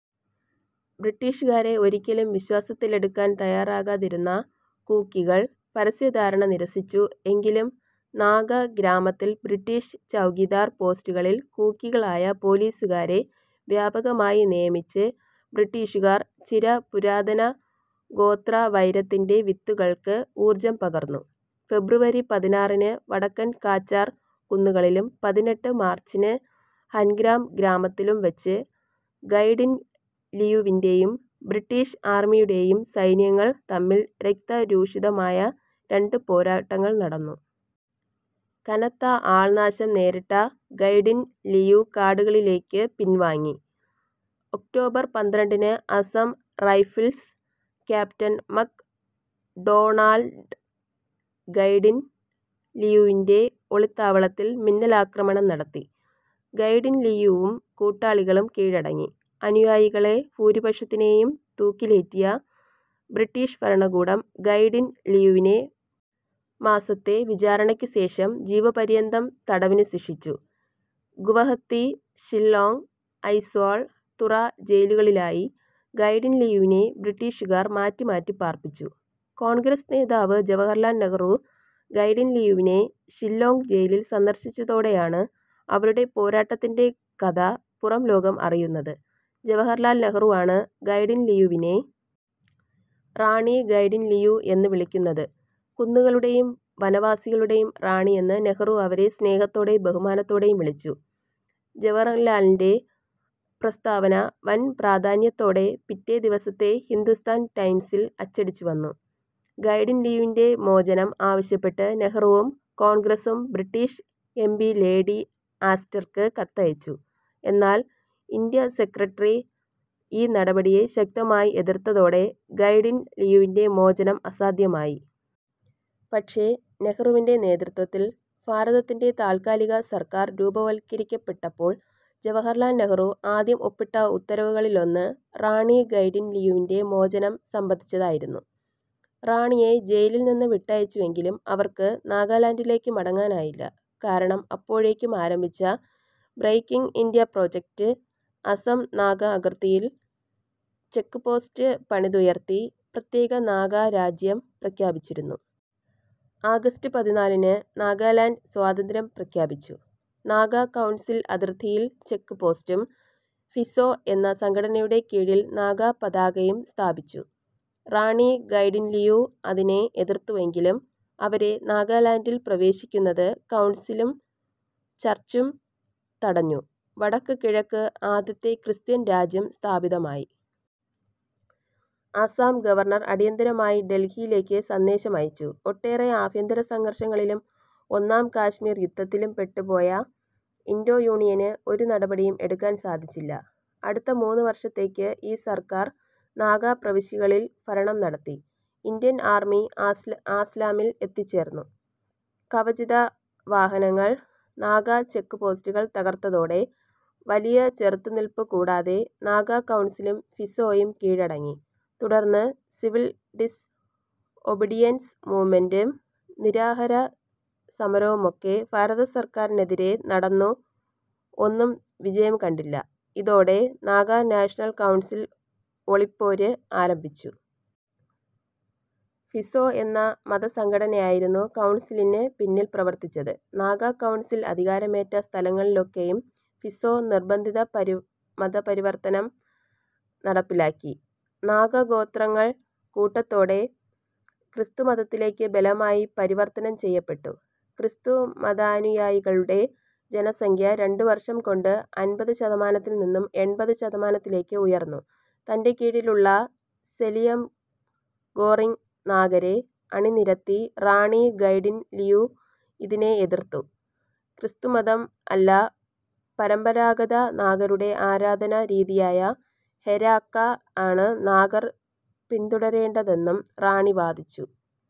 ബ്രിട്ടീഷുകാരെ ഒരിക്കലും വിശ്വാസത്തിലെടുക്കാൻ തയ്യാറാകാതിരുന്ന കൂക്കികൾ പരസ്യ ധാരണ നിരസ്സിച്ചു, എങ്കിലും നാഗ ഗ്രാമത്തിൽ ബ്രിട്ടീഷ് ചൗകിദാർ പോസ്റ്റുകളിൽ കൂക്കികളായ പോലീസുകാരെ വ്യാപകമായി നിയമിച്ച് ബ്രിട്ടീഷുകാർ ചിര പുരാതന ഗോത്ര വൈരത്തിൻ്റെ വിത്തുകൾക്ക് ഊർജ്ജം പകർന്നു. ഫെബ്രുവരി പതിനാറിന് വടക്കൻ കാച്ചാർ കുന്നുകളിലും പതിനെട്ട് മാർച്ചിന് ഹൻഗ്രാം ഗ്രാമത്തിലും വച്ച് ഗൈഡിൻ ലിയുവിൻ്റെയും ബ്രിട്ടീഷ് ആർമ്മിയുടേയും സൈന്യങ്ങൾ തമ്മിൽ രക്ത രൂക്ഷിതമായ രണ്ട് പോരാട്ടങ്ങൾ നടന്നു. കനത്ത ആൾ നാശം നേരിട്ട ഗൈഡിൻ ലിയു കാടുകളിലേക്ക് പിൻ വാങ്ങി, ഒക്റ്റോബർ പന്ത്രണ്ടിന് Assam Rifles Captain McDonald ഗൈഡിൻ ലിയുവിൻ്റെ ഒളിത്താവളത്തിൽ മിന്നലാക്രമണം നടത്തി, ഗൈഡിൻ ലിയുവും കൂട്ടാളികളും കീഴടങ്ങി, അനുയായികളെ ഭൂരിപക്ഷത്തിനെയും തൂക്കിലേറ്റിയ ബ്രിട്ടീഷ് ഭരണകൂടം ഗൈഡിൻ ലിയുവിനെ പത്ത് മാസത്തെ വിചാരണയ്ക്ക് ശേഷം ജീവപര്യന്തം തടവിന് ശിക്ഷിച്ചു, ഗുവഹത്തി, ഷില്ലോംഗ്, ഐസ്വാൾ, തുറ ജയിലുകളിലായി ഗൈഡിൻലിയുവിനെ ബ്രിട്ടീഷുകാർ മാറ്റി മാറ്റി പാർപ്പിച്ചു, കോൺഗ്രസ് നേതാവ് ജവഹർലാൽ നെഹ്റു ഗൈഡിൻലിയുവിനെ ഷില്ലോംഗ് ജയിലിൽ സന്ദർശിച്ചതോടെയാണ് അവരുടെ പോരാട്ടത്തിൻ്റെ കഥ പുറം ലോകം അറിയുന്നത്, ജവഹർലാൽ നെഹ്റുവാണ് ഗൈഡിൻലിയുവിനെ റാണി ഗൈഡിൻലിയു എന്ന് വിളിക്കുന്നത്, കുന്നുകളുടേയും വനവാസികളുടേയും റാണിയെന്ന് നെഹ്റു അവരെ സ്നേഹത്തോടെയും ബഹുമാനത്തോടെയും വിളിച്ചു, ജവഹർലാലിൻ്റെ പ്രസ്താവന വൻ പ്രാധാന്യത്തോടെ പിറ്റേ ദിവസത്തെ ഹിന്ദുസ്ഥാൻ ടൈംസിൽ അച്ചടിച്ചു വന്നു, ഗൈഡിൻ ലിയുവിൻ്റെ മോചനം ആവിശ്യപ്പെട്ട് നെഹ്റുവും കോൺഗ്രസും ബ്രിട്ടീഷ് എം പി ലേഡി ആസ്റ്റർക്ക് കത്തയച്ചു, എന്നാൽ, ഇൻഡ്യ സെക്രട്ടറി ഈ നടപടിയെ ശക്തമായി എതിർത്തതോടെ ഗൈഡിൻ ലിയുവിൻ്റെ മോചനം അസാധ്യമായി. പക്ഷെ നെഹ്റുവിൻ്റെ നേതൃത്തിൽ ഭാരതത്തിൻ്റെ താൽകാലിക സർക്കാർ രൂപവത്കരിക്കപ്പെട്ടപ്പോൾ ജവഹർലാൽ നെഹ്റു ആദ്യം ഒപ്പിട്ട ഉത്തരവുകളിലൊന്ന് റാണി ഗൈഡിൻ ലിയുവിൻ്റെ മോചനം സംബന്ധിച്ചതായിരുന്നു. റാണിയെ ജയിലിൻ നിന്ന് വിട്ടയച്ചുവെങ്കിലും അവർക്ക് നാഗാലാൻഡിലേക്ക് മടങ്ങാനായില്ല, കാരണം അപ്പോഴേക്കും ആരംഭിച്ച breaking India project Assam Naga അതിർത്തിയിൽ ചെക് പോസ്റ്റ് പണിതുയർത്തി, പ്രത്യേക നാഗാ രാജ്യം പ്രഖ്യാപിച്ചിരുന്നു. ആഗസ്റ്റ് പതിനാലിന് നാഗാ ലാൻഡ് സ്വാതന്ത്യം പ്രഖ്യാപിച്ചു, നാഗാ കൗൺസിൽ അതിർത്തിയിൽ ചെക് പോസ്റ്റും, ഫിസോ എന്ന സംഘടനയുടെ കീഴിൽ നാഗാ പതാകയും സ്ഥാപിച്ചു, റാണി ഗൈഡിൻലിയു അതിനെ എതിർത്തുവെങ്കിലും അവരെ നാഗാലാൻഡിൽ പ്രവേശിക്കുന്നത് കൗൺസിലും ചർച്ചും തടഞ്ഞു, വടക്ക് കിഴക്ക് ആദ്യത്തെ ക്രിസ്ത്യൻ രാജ്യം സ്ഥാപിതമായി, അസം ഗവർണർ അടിയന്തരമായി ഡൽഹിയിലേക്ക് സന്ദേശം അയച്ചു, ഒട്ടേറെ ആഭ്യന്തര സംഘർഷങ്ങളിലും ഒന്നാം കാശ്മീർ യുദ്ധത്തിലും പെട്ട് പോയ ഇൻഡോ യൂണിയന് ഒരു നടപടിയും എടുക്കാൻ സാധിച്ചില്ല, അടുത്ത മൂന്ന് വർഷത്തേക്ക് ഈ സർക്കാർ നാഗാ പ്രവിശ്യകളിൽ ഭരണം നടത്തി, ഇൻഡ്യൻ ആർമി ആസ്സാമിൽ എത്തിച്ചേർന്നു, കവചിത വാഹനങ്ങൾ നാഗാ ചെക് പോസ്റ്റുകൾ തകർത്തതോടെ വലിയ ചെറുത്ത് നിൽപ് കൂടാതെ നാഗാ കൗൺസിലും ഫിസോയും കീഴടങ്ങി, തുടർന്ന് സിവിൽ ഡിസ് ഒബിഡിയൻസ് മൂവ്മെൻ്റും നിരാഹര സമരവുമൊക്കെ ഭരത സർക്കാറിനെതിരെ നടന്നു ഒന്നും വിജയം കണ്ടില്ല, ഇതോടെ നാഗാ നാഷണൽ കൗൺസിൽ ഒളിപ്പോര് ആരംഭിച്ചു. ഫിസോ എന്ന മത സംഘടനയായിരുന്നു കൗൺസിലിന് പിന്നിൽ പ്രവർത്തിച്ചത്, നാഗാ കൗൺസിൽ അധികാരമേറ്റ സ്ഥലങ്ങളിലൊക്കെയും ഫിസോ നിർബന്ധിത മതപരിവർത്തനം നടപ്പിലാക്കി, നാഗ ഗോത്രങ്ങൾ കൂട്ടത്തോടെ ക്രിസ്തു മതത്തിലേക്ക് ബലമായി പരിവർത്തനം ചെയ്യപ്പെട്ടു, ക്രിസ്തു മതാനുയായികളുടെ ജനസംഖ്യ രണ്ട് വർഷം കൊണ്ട് അൻപത് ശതമാനത്തിൽ നിന്നും എൺപത് ശതമാനത്തിലേക്ക് ഉയർന്നു തൻ്റെ കീഴിലുള്ള സെലിംയംഗോറിങ് നാഗരെ അണി നിരത്തി റാണി ഗൈഡിൻ ലിയു ഇതിനെ ഏതിർത്തു, ക്രിസ്തുമതം അല്ല പരമ്പരാഗത നാഗരുടെ ആരാധാന രീതിയായ ഹെരാക്ക ആണ് നാഗർ പിന്തുടരേണ്ടതെന്നും റാണി വാദിച്ചു.